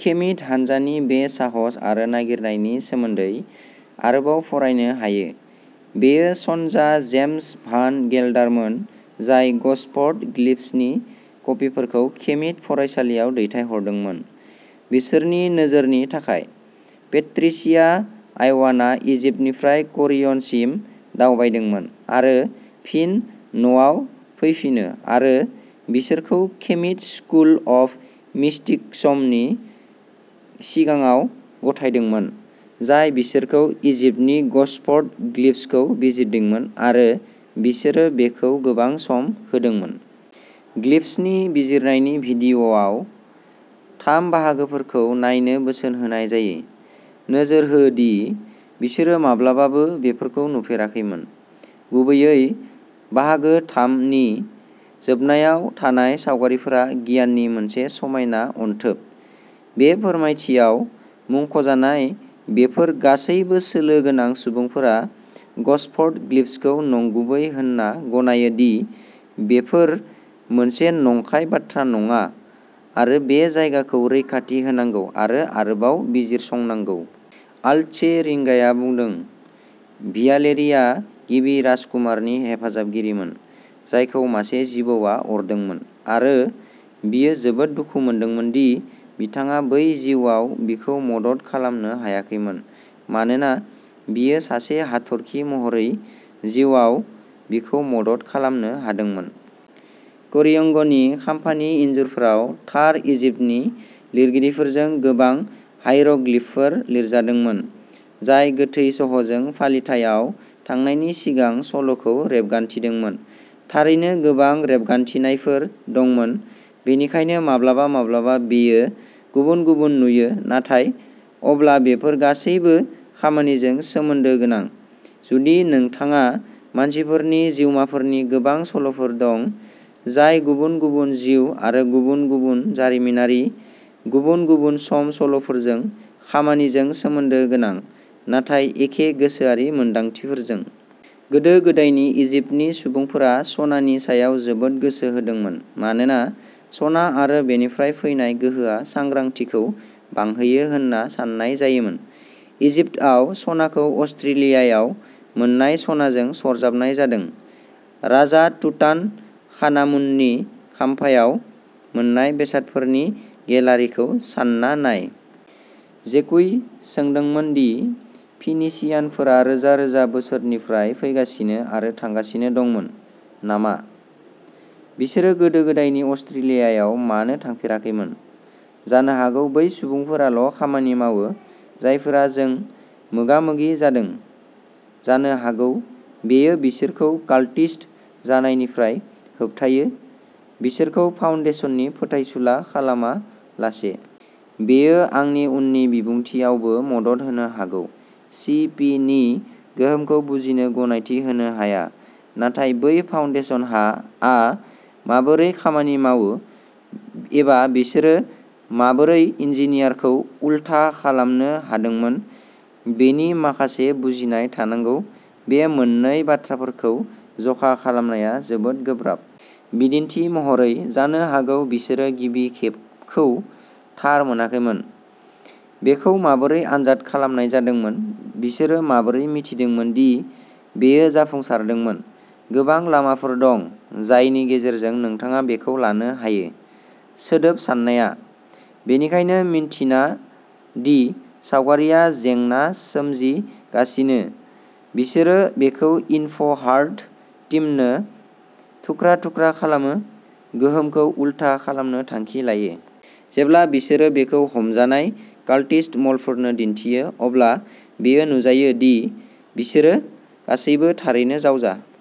खेमित हानजानि बे साहस आरो नागिरनायनि सोमोन्दै आरोबाव फरायनो हायो। बेयो सनजा जेम्स भान गेलडारमोन जाय ग'सफर्ड ग्लिफ्सनि कपिफोरखौ खेमित फरायसालियाव दैथायहरदोंमोन, बिसोरनि नोजोरनि थाखाय। पेट्रिसिया आइवानआ इजिप्टनिफ्राय करियन सिम दावबायदोंमोन आरो फिन न'आव फैफिनो आरो बिसोरखौ खेमित स्कुल अफ मिस्टिक्समनि सिगाङाव गथायदोंमोन, जाय बिसोरखौ इजिप्टनि ग'सफर्ड ग्लिफ्सखौ बिजिरदोंमोन आरो बिसोरो बेखौ गोबां सम होदोंमोन। ग्लिफ्सनि बिजिरनायनि भिडिअ'आव थाम बाहागोफोरखौ नायनो बोसोन होनाय जायो। नोजोर हो दि बिसोरो माब्लाबाबो बेफोरखौ नुफेराखैमोन। गुबैयै बाहागो थाम नि जोबनायाव थानाय सावगारिफोरा गियाननि मोनसे समायना अनथोब। बे फोरमायथियाव मुंख'जानाय बेफोर गासैबो सोलो गोनां सुबुंफोरा ग'सफर्ड ग्लिफ्सखौ नंगुबै होनना गनायो दि बेफोर मोनसे नंखाय बाथ्रा नङा आरो बे जायगाखौ रैखाथि होनांगौ आरो आरोबाव बिजिरसंनांगौ। आल्चे रिंगाया बुंदों। भियालेरी आ गिबि राजकुमारनि हेफाजाबगिरिमोन, जायखौ मासे जिबौआ अरदोंमोन। आरो बियो जोबोद दुखु मोनदोंमोन दि बिथाङा बै जिउआव बिखौ मदद खालामनो हायाखैमोन मानोना बियो सासे हाथरखि महरै जिउआव बिखौ मदद खालामनो हादोंमोन। करियोंगनि खाम्फानि इन्जुरफोराव थार इजिप्टनि लिरगिरिफोरजों गोबां हाइरोग्लिफफोर लिरजादोंमोन, जाय गोथै सह'जों फालिथाइआव थांनायनि सिगां सल'खौ रेबगान्थिदोंमोन। थारैनो गोबां रेबगान्थिनायफोर दंमोन बेनिखायनो माब्लाबा माब्लाबा बेयो गुबुन-गुबुन नुयो नाथाय अब्ला बेफोर गासैबो खामानिजों सोमोन्दो गोनां, जुदि नोंथाङा मानसिफोरनि जिउमाफोरनि गोबां सल'फोर दं, जाय गुबुन-गुबुन जिउ आरो गुबुन-गुबुन जारिमिनारि गुबुन-गुबुन सम सल'फोरजों खामानिजों सोमोन्दो गोनां, नाथाय एखे गोसोआरि मोनदांथिफोरजों। गोदो गोदायनि इजिप्टनि सुबुंफोरा सनानि सायाव जोबोद गोसो होदोंमोन मानोना सना आरो बेनिफ्राय फैनाय गोहोआ सांग्रांथिखौ बांहोयो होनना साननाय जायोमोन। इजिप्टआव सनाखौ अस्ट्रेलियायाव मोननाय सनाजों सरजाबनाय जादों। राजा तुतान खानामुननि खाम्फायाव मोननाय बेसादफोरनि गेलारिखौ सान्ना नाय। जेकुइ सोंदोंमोन दि फिनीसियानफोरा रोजा रोजा बोसोरफोरनिफ्राय फैगासिनो आरो थांगासिनो दंमोन नामा, बिसोरो गोदो-गोदायनि अस्ट्रेलियायाव मानो थाफेराखैमोन? जानो हागौ बै सुबुंफोराल' खामानि मावो जायफोरा जों मोगामोगि जादों जानो हागौ बेयो बिसोरखौ काल्टिस्ट जानायनिफ्राय होबथायो, बिसोरखौ फाउन्डेसननि फोथायसुला खालामालासे। बेयो आंनि उननि बिबुंथिआवबो मदद होनो हागौ। सि पि नि गोहोमखौ बुजिनो गनायथि होनो हाया। नाथाय बै फाउन्डेसनहा आ माबोरै खामानि मावो, एबा बिसोरो माबोरै इन्जिनियार खौ उलथा खालामनो हादोंमोन बेनि माखासे बुजिनाय थानांगौ बे मोननै बाथ्राफोरखौ जखा खालामनाया जोबोद गोब्राब। बिदिन्थि महरै, जानो हागौ बिसोरो गिबि खेब खौ थार मोनाखैमोन। बेखौ माबोरै आनजाद खालामनाय जादोंमोन बिसोरो माबोरै मिथिदोंमोन दि बेयो जाफुंसारदोंमोन, गोबां लामाफोर दं जायनि गेजेरजों नोंथाङा बेखौ लानो हायो। सोदोब साननाया। बेनिखायनो मिन्थिना दि सावगारिआ जेंना सोमजिगासिनो, बिसोरो बेखौ इनफ' हार्ड टीमनो थुख्रा थुख्रा खालामो, गोहोमखौ उलथा खालामनो थांखि लायो। जेब्ला बिसोरो बेखौ हमजानाय कालटिस्ट म'लफोरनो दिन्थियो अब्ला बेयो नुजायो दि बिसोरो गासैबो थारैनो जावजा।